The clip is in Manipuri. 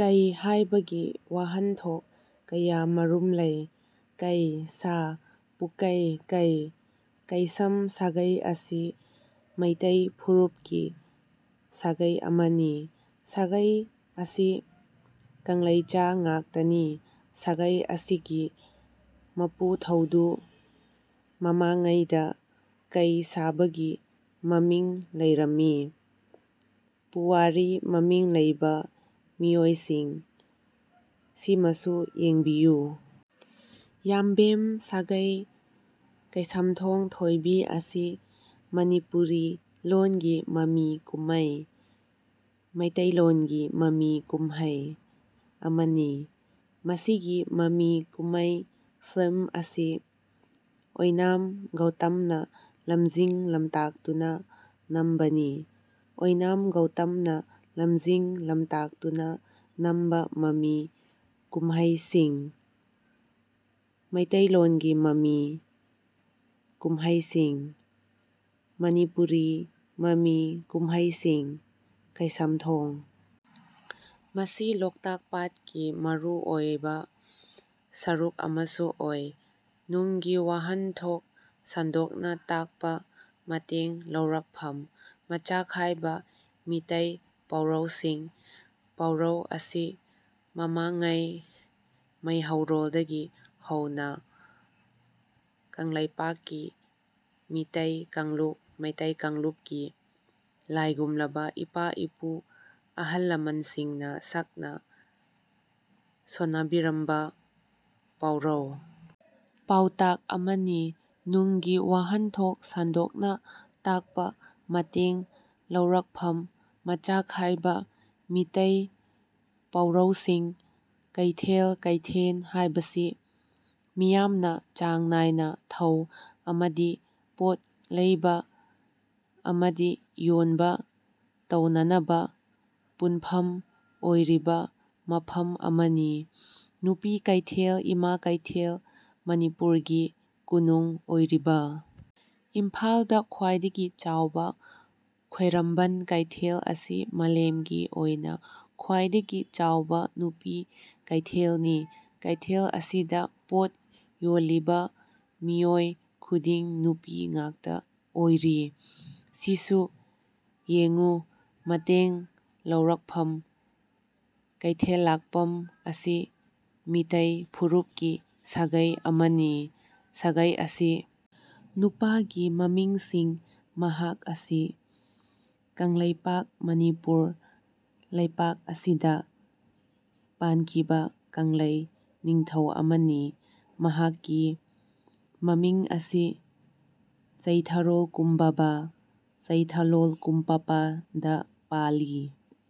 ꯀꯩ ꯍꯥꯢꯕꯒꯤ ꯋꯥꯍꯟꯊꯣꯛ ꯀꯌꯥꯃꯔꯨꯝ ꯂꯩ꯫ ꯀꯩ(ꯁꯥ), ꯄꯨꯀꯩ ꯀꯩ, ꯀꯩꯁꯥꯝ ꯁꯥꯒꯩ ꯑꯁꯤ ꯃꯩꯇꯩ ꯐꯨꯔꯨꯞꯀꯤ ꯁꯥꯒꯩ ꯑꯃꯅꯤ꯫ ꯁꯥꯒꯩ ꯑꯁꯤ ꯀꯪꯂꯩꯆꯥ ꯉꯥꯛꯇꯅꯤ꯫ ꯁꯥꯒꯩ ꯑꯁꯤꯒꯤ ꯃꯄꯨꯊꯧꯗꯨ ꯃꯃꯥꯡꯉꯩꯗ ꯀꯩ ꯁꯥꯕꯒꯤ ꯃꯃꯤꯡ ꯂꯩꯔꯝꯢ꯫ ꯄꯨꯋꯥꯔꯤ ꯃꯃꯤꯡ ꯂꯩꯕ ꯃꯤꯑꯣꯢꯁꯤꯡ ꯁꯤꯃꯁꯨ ꯌꯦꯡꯕꯤꯌꯨ ꯌꯥꯝꯕꯦꯝ ꯁꯥꯒꯩ ꯀꯩꯁꯥꯝꯊꯣꯡ ꯊꯣꯢꯕꯤ ꯑꯁꯤ ꯃꯅꯤꯄꯨꯔꯤ ꯂꯣꯟꯒꯤ ꯃꯃꯤ ꯀꯨꯝꯃꯩ (ꯃꯩꯇꯩꯂꯣꯟꯒꯤ ꯃꯃꯤ ꯀꯨꯝꯍꯩ) ꯑꯃꯅꯤ꯫ ꯃꯁꯤꯒꯤ ꯃꯃꯤ ꯀꯨꯝꯃꯩ (ꯐꯤꯜꯝ) ꯑꯁꯤ ꯑꯣꯢꯅꯥꯝ ꯒꯧꯇꯝꯅ ꯂꯝꯖꯤꯡ-ꯂꯝꯇꯥꯛꯇꯨꯅ ꯅꯝꯕꯅꯤ꯫ ꯑꯣꯢꯅꯥꯝ ꯒꯧꯇꯝꯅ ꯂꯝꯖꯤꯡ-ꯂꯝꯇꯥꯛꯇꯨꯅ ꯅꯝꯕ ꯃꯃꯤ ꯀꯨꯝꯍꯩꯁꯤꯡ:ꯃꯤꯇꯩꯂꯣꯟꯒꯤ ꯃꯃꯤ ꯀꯨꯝꯍꯩꯁꯤꯡ:ꯃꯅꯤꯄꯨꯔꯤ ꯃꯃꯤ ꯀꯨꯝꯍꯩꯁꯤꯡ "ꯀꯩꯁꯥꯝꯊꯣꯡ ꯃꯁꯤ ꯂꯣꯛꯇꯥꯛ ꯄꯥꯠꯀꯤ ꯃꯔꯨ ꯑꯣꯢꯕ ꯁꯔꯨꯛ ꯑꯃꯁꯨ ꯑꯣꯢ꯫ ꯅꯨꯡꯒꯤ ꯋꯥꯍꯟꯊꯣꯛ ꯁꯟꯗꯣꯛꯅ ꯇꯥꯛꯄ ꯃꯇꯦꯡ ꯂꯧꯔꯛꯐꯝ ꯃꯆꯥꯈꯥꯏꯕ ꯃꯤꯇꯩ ꯄꯥꯎꯔꯧꯁꯤꯡ ꯄꯥꯎꯔꯧ ꯑꯁꯤ ꯃꯃꯥꯡꯉꯩ ꯃꯩꯍꯧꯔꯣꯜꯗꯒꯤ ꯍꯧꯅ ꯀꯪꯂꯩꯄꯥꯛꯀꯤ ꯃꯤꯇꯩ ꯀꯥꯡꯂꯨꯞ (ꯃꯩꯇꯩ ꯀꯥꯡꯂꯨꯞ)ꯀꯤ ꯂꯥꯢꯒꯨꯝꯂꯕ ꯏꯄꯥ-ꯏꯄꯨ ꯑꯍꯜ-ꯂꯃꯟꯁꯤꯡꯅ ꯁꯛꯅ ꯁꯣꯟꯅꯕꯤꯔꯝꯕ ꯄꯥꯎꯔꯧ ꯄꯥꯎꯇꯥꯛ ꯑꯃꯅꯤ꯫ ꯅꯨꯡꯒꯤ ꯋꯥꯍꯟꯊꯣꯛ ꯁꯟꯗꯣꯛꯅ ꯇꯥꯛꯄ ꯃꯇꯦꯡ ꯂꯧꯔꯛꯐꯝ ꯃꯆꯥꯈꯥꯏꯕ:ꯃꯤꯇꯩ ꯄꯥꯎꯔꯧꯁꯤꯡ ꯀꯩꯊꯦꯜ (ꯀꯩꯊꯦꯟ) ꯍꯥꯏꯕꯁꯤ ꯃꯤꯌꯥꯝꯅ ꯆꯥꯡ ꯅꯥꯢꯅ ꯊꯧ ꯑꯃꯗꯤ ꯄꯣꯠ ꯂꯩꯕ ꯑꯃꯗꯤ ꯌꯣꯟꯕ ꯇꯧꯅꯅꯕ ꯄꯨꯟꯐꯝ ꯑꯣꯢꯔꯤꯕ ꯃꯐꯝ ꯑꯃꯅꯤ꯫ ꯅꯨꯄꯤ ꯀꯩꯊꯦꯜ-ꯏꯃꯥ ꯀꯩꯊꯦꯜ ꯃꯅꯤꯄꯨꯔꯒꯤ ꯀꯣꯅꯨꯡ ꯑꯣꯏꯔꯤꯕ ꯏꯝꯐꯥꯜꯗ ꯈ꯭ꯋꯥꯏꯗꯒꯤ ꯆꯥꯎꯕ ꯈ꯭ꯋꯥꯏꯔꯝꯕꯟ ꯀꯩꯊꯦꯜ ꯑꯁꯤ ꯃꯂꯦꯝꯒꯤ ꯑꯣꯏꯅ ꯈ꯭ꯋꯥꯏꯗꯒꯤ ꯆꯥꯎꯕ ꯅꯨꯄꯤ ꯀꯩꯊꯦꯜꯅꯤ, ꯀꯩꯊꯦꯜ ꯑꯁꯤꯗ ꯄꯣꯠ ꯌꯣꯟꯂꯤꯕ ꯃꯤꯑꯣꯏ ꯈꯨꯗꯤꯡ ꯅꯨꯄꯤ ꯉꯥꯛꯇ ꯑꯣꯏꯔꯤ꯫ ꯁꯤꯁꯨ ꯌꯦꯡꯉꯨ ꯃꯇꯦꯡ ꯂꯧꯔꯛꯐꯝ ꯀꯩꯊꯦꯜꯂꯥꯛꯄꯝ ꯑꯁꯤ ꯃꯤꯇꯩ ꯐꯨꯔꯨꯞꯀꯤ ꯁꯥꯒꯩ ꯑꯃꯅꯤ꯫ ꯁꯥꯒꯩ ꯑꯁꯤ ꯅꯨꯄꯥꯒꯤ ꯃꯃꯤꯡꯁꯤꯡ ꯃꯍꯥꯛ ꯑꯁꯤ ꯀꯪꯂꯩꯄꯥꯛ (ꯃꯅꯤꯄꯨꯔ) ꯂꯩꯄꯥꯛ ꯑꯁꯤꯗ ꯄꯥꯟꯈꯤꯕ ꯀꯪꯂꯩ ꯅꯤꯡꯊꯧ ꯑꯃꯅꯤ꯫ ꯃꯍꯥꯛꯀꯤ ꯃꯃꯤꯡ ꯑꯁꯤ ꯆꯩꯊꯥꯔꯣꯜ ꯀꯨꯝꯕꯥꯕ (ꯆꯩꯊꯥꯂꯣꯜ ꯀꯨꯝꯄꯥꯄ)ꯗ ꯄꯜꯂꯤ꯫